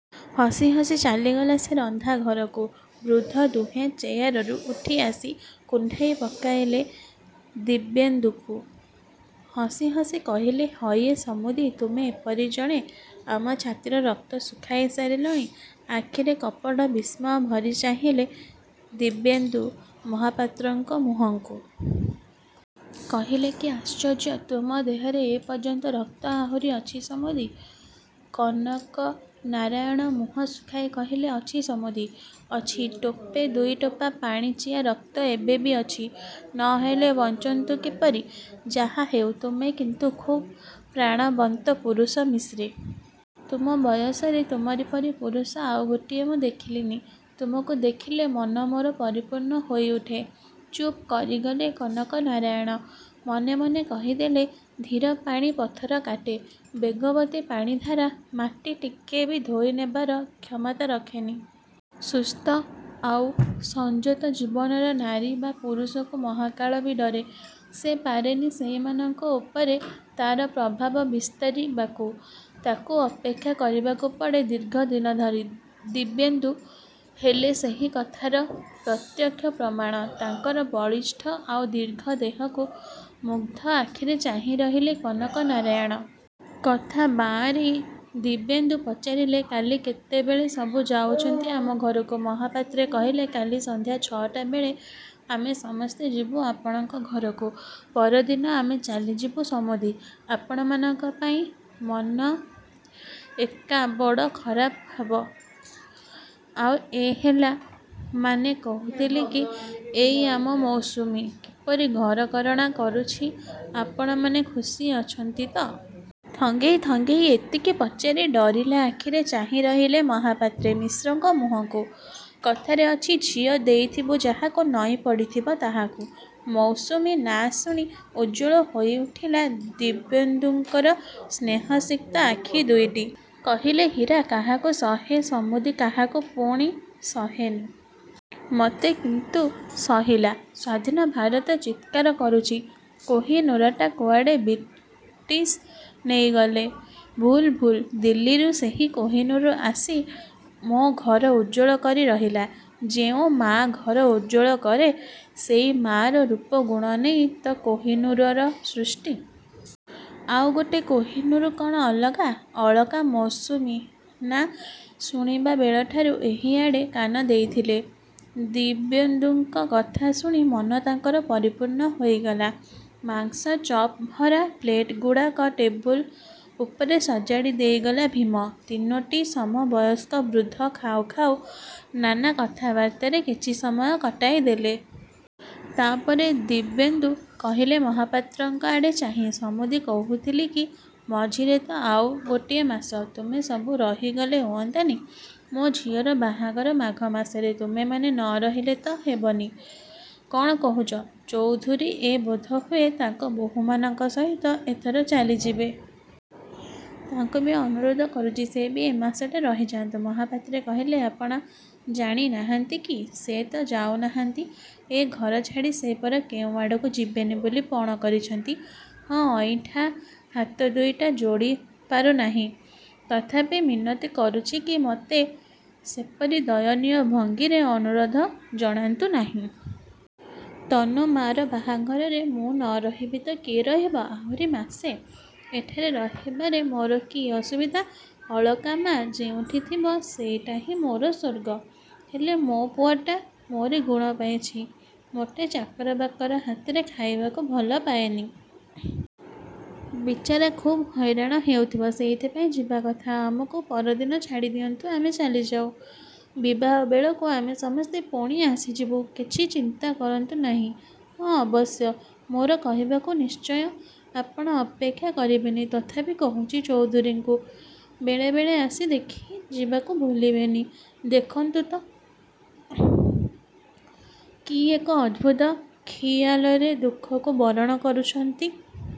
ହସି ହସି ଚାଲିଗଲା ସିଏ ରନ୍ଧା ଘରକୁ। ବୃଦ୍ଧ ଦୁହେଁ ଚେୟାରରୁ ଉଠି ଆସି କୁଣ୍ଢାଇ ପକାଇଲେ ଦିବ୍ୟେନ୍ଦୁଙ୍କୁ। ହସି ହସି କହିଲେ ହଇଏ ସମୁଦି, ତୁମେ ଏପରି ଜଣେ? ଆମ ଛାତିର ରକ୍ତ ଶୁଖାଇ ସାରିଲଣି। ଆଖିରେ କପଟ ବିସ୍ମୟ ଭରି ଚାହିଁଲେ ଦିବ୍ୟେନ୍ଦୁ ମହାପାତ୍ରଙ୍କ ମୁହଁକୁ। କହିଲେ କି ଆଶ୍ଚର୍ଯ୍ୟ, ତୁମ ଦେହରେ ଏପର୍ଯ୍ୟନ୍ତ ରକ୍ତ ଆହୁରି ଅଛି ସମୁଦି? କନକନାରାୟଣ ମୁହଁ ଶୁଖାଇ କହିଲେ ଅଛି ସମୁଦି, ଅଛି ଟୋପେ ଦୁଇଟୋପା ପାଣିଚିଆ ରକ୍ତ ଏବେ ବି ଅଛି। ନ ହେଲେ ବଞ୍ଚନ୍ତୁ କିପରି। ଯାହାହେଉ, ତୁମେ କିନ୍ତୁ ଖୁବ୍ ପ୍ରାଣବନ୍ତ ପୁରୁଷ ମିଶ୍ରେ। ତୁମ ବୟସରେ ତୁମରି ପରି ପୁରୁଷ ଆଉ ଗୋଟିଏ ମୁଁ ଦେଖିଲିନି। ତୁମକୁ ଦେଖିଲେ ମନ ମୋର ପରିପୂର୍ଣ୍ଣ ହୋଇ ଉଠେ। ଚୁପ୍ କରିଗଲେ କନକନାରାୟଣ। ମନେ ମନେ କହିହେଲେ 'ଧୀର ପାଣି ପଥର କାଟେ'। ବେଗବତୀ ପାଣିଧାରା ମାଟି ଟିକିଏ ବି ଧୋଇ ନେବାର କ୍ଷମତା ରଖେନି। ସୁସ୍ଥ ଆଉ ସଂଯତ ଜୀବନର ନାରୀ ବା ପୁରୁଷକୁ ମହାକାଳ ବି ଡରେ। ସେ ପାରେନି ସେଇମାନଙ୍କ ଉପରେ ତା'ର ପ୍ରଭାବ ବିସ୍ତାରିବାକୁ। ତାକୁ ଅପେକ୍ଷା କରିବାକୁ ପଡ଼େ ଦୀର୍ଘଦିନ ଧରି। ଦିବ୍ୟେନ୍ଦୁ ହେଲେ ସେହି କଥାର ପ୍ରତ୍ୟକ୍ଷ ପ୍ରମାଣ। ତାଙ୍କର ବଳିଷ୍ଠ ଆଉ ଦୀର୍ଘ ଦେହକୁ ମୁଗ୍ଧ ଆଖିରେ ଚାହିଁ ରହିଲେ କନକନାରାୟଣ। କଥା ବାଆଁରେଇ ଦିବ୍ୟେନ୍ଦୁ ପଚାରିଲେ କାଲି କେତେବେଳେ ସବୁ ଯାଉଛନ୍ତି ଆମ ଘରକୁ। ମହାପାତ୍ରେ କହିଲେ କାଲି ସନ୍ଧ୍ୟା ଛଅଟା ବେଳେ ଆମେ ସମସ୍ତେ ଯିବୁ ଆପଣଙ୍କ ଘରକୁ। ପରଦିନ ଆମେ ଚାଲିଯିବୁ ସମୁଦି। ଆପଣମାନଙ୍କ ପାଇଁ ମନ ଏକା ବଡ଼ ଖରାପ ହେବ। ଆଉ ଏ ହେଲା, ମାନେ କହୁଥିଲି କି ଏଇ ଆମ ମୌସୁମୀ, କିପରି ଘରକରଣା କରୁଛି, ଆପଣମାନେ ଖୁସି ଅଛନ୍ତି ତ? ଥଙ୍ଗେଇ, ଥଙ୍ଗେଇ ଏତିକି ପଚାରି ଡରିଲା ଆଖିରେ ଚାହିଁ ରହିଲେ ମହାପାତ୍ରେ ମିଶ୍ରଙ୍କ ମୁହଁକୁ। କଥାରେ ଅଛି "ଝିଅ ଦେଇଥିବୁ ଯାହାକୁ, ନଇଁ ପଡ଼ିଥିବ ତାହାକୁ।" ମୌସୁମୀ ନାଁ ଶୁଣି ଉଜ୍ଜ୍ୱଳ ହୋଇ ଉଠିଲା ଦିବ୍ୟେନ୍ଦୁଙ୍କର ସ୍ନେହସିକ୍ତ ଆଖି ଦୁଇଟି। କହିଲେ ହୀରା କାହାକୁ ସହେ ସମୁଦି କାହାକୁ ପୁଣି ସହେନି। ମତେ କିନ୍ତୁ ସହିଲା। ସ୍ୱାଧୀନ ଭାରତ ଚିତ୍କାର କରୁଛି, କୋହିନୂରଟା କୁଆଡ଼େ ବ୍ରିଟିଶ ନେଇଗଲେ। ଭୁଲ, ଭୁଲ, ଦିଲ୍ଲୀରୁ ସେହି କୋହିନୂର ଆସି ମୋ ଘର ଉଜ୍ଜ୍ୱଳ କରି ରହିଲା। ଯେଉଁ ମାଆ ଘର ଉଜ୍ଜ୍ୱଳ କରେ ସେଇ ମାଆର ରୂପ ଗୁଣ ନେଇ ତ କୋହିନୂରର ସୃଷ୍ଟି। ଆଉ ଗୋଟେ କୋହିନୂର କ'ଣ ଅଲଗା? ଅଳକା ମୌସୁମୀ ନାଁ ଶୁଣିବା ବେଳଠାରୁ ଏହିଆଡ଼େ କାନ ଦେଇଥିଲେ। ଦିବ୍ୟେନ୍ଦୁଙ୍କ କଥା ଶୁଣି ମନ ତାଙ୍କର ପରିପୂର୍ଣ୍ଣ ହୋଇଗଲା। ମାଂସ ଚପ୍ ଭରା ପ୍ଲେଟ୍‌ଗୁଡ଼ାକ ଟେବୁଲ୍ ଉପରେ ସଜାଡ଼ି ଦେଇଗଲା ଭୀମ। ତିନୋଟି ସମବୟସ୍କ ବୃଦ୍ଧ ଖାଉ ଖାଉ ନାନା କଥାବାର୍ତ୍ତାରେ କିଛି ସମୟ କଟାଇ ଦେଲେ। ତା' ପରେ ଦିବ୍ୟେନ୍ଦୁ କହିଲେ ମହାପାତ୍ରଙ୍କ ଆଡ଼େ ଚାହିଁ ସମୁଦି କହୁଥିଲି କି ମଝିରେ ତ ଆଉ ଗୋଟିଏ ମାସ। ତୁମେ ସବୁ ରହିଗଲେ ହୁଅନ୍ତାନି? ମୋ ଝିଅର ବାହାଘର ମାଘ ମାସରେ। ତୁମେମାନେ ନ ରହିଲେ ତ ହେବନି। କ'ଣ କହୁଛ? ଚୌଧୁରୀ ଏ ବୋଧହୁଏ ତାଙ୍କ ବୋହୂମାନଙ୍କ ସହିତ ଏଥର ଚାଲିଯିବେ। ତାଙ୍କୁ ବି ଅନୁରୋଧ କରୁଛି। ସେ ବି ଏ ମାସଟା ରହିଯାଆନ୍ତୁ। ମହାପାତ୍ରେ କହିଲେ ଆପଣ ଜାଣିନାହାନ୍ତି କି? ସେ ତ ଯାଉନାହାନ୍ତି। ଏ ଘର ଛାଡ଼ି ସେ ପରା କେଉଁଆଡ଼କୁ ଯିବେନି ବୋଲି ପଣ କରିଛନ୍ତି। ହଁ, ଅଇଁଠା ହାତ ଦୁଇଟା ଯୋଡ଼ି ପାରୁ ନାହିଁ, ତଥାପି ମିନତି କରୁଛି କି ମତେ, ସେପରି ଦୟନୀୟ ଭଙ୍ଗୀରେ ଅନୁରୋଧ ଜଣାନ୍ତୁ ନାହିଁ। ତନୁ ମା'ର ବାହାଘରରେ ମୁଁ ନ ରହିବି ତ କିଏ ରହିବ? ଆହୁରି ମାସେ ଏଠାରେ ରହିବାରେ ମୋର କି ଅସୁବିଧା। ଅଳକା ମା' ଯେଉଁଠି ଥିବ ସେଇଟାହିଁ ମୋର ସ୍ୱର୍ଗ। ହେଲେ ମୋ ପୁଅଟା ମୋରି ଗୁଣ ପାଇଛି। ମତେ ଚାକର ବାକର ହାତରେ ଖାଇବାକୁ ଭଲ ପାଏନି। ବିଚାରା ଖୁବ୍ ହଇରାଣ ହେଉଥିବ। ସେଇଥିପାଇଁ ଯିବା କଥା। ଆମକୁ ପରଦିନ ଛାଡ଼ି ଦିଅନ୍ତୁ, ଆମେ ଚାଲିଯାଉ। ବିବାହ ବେଳକୁ ଆମେ ସମସ୍ତେ ପୁଣି ଆସିଯିବୁ। କିଛି ଚିନ୍ତା କରନ୍ତୁ ନାହିଁ। ହଁ, ଅବଶ୍ୟ ମୋର କହିବାକୁ ନିଶ୍ଚୟ ଆପଣ ଅପେକ୍ଷା କରିବେନି, ତଥାପି କହୁଛି ଚୌଧୁରୀଙ୍କୁ ବେଳେ ବେଳେ ଆସି ଦେଖିଯିବାକୁ ଭୁଲିବେନି। ଦେଖନ୍ତୁ ତ କି ଏକ ଅଦ୍ଭୁତ ଖିଆଲରେ ଦୁଃଖକୁ ବରଣ କରୁଛନ୍ତି।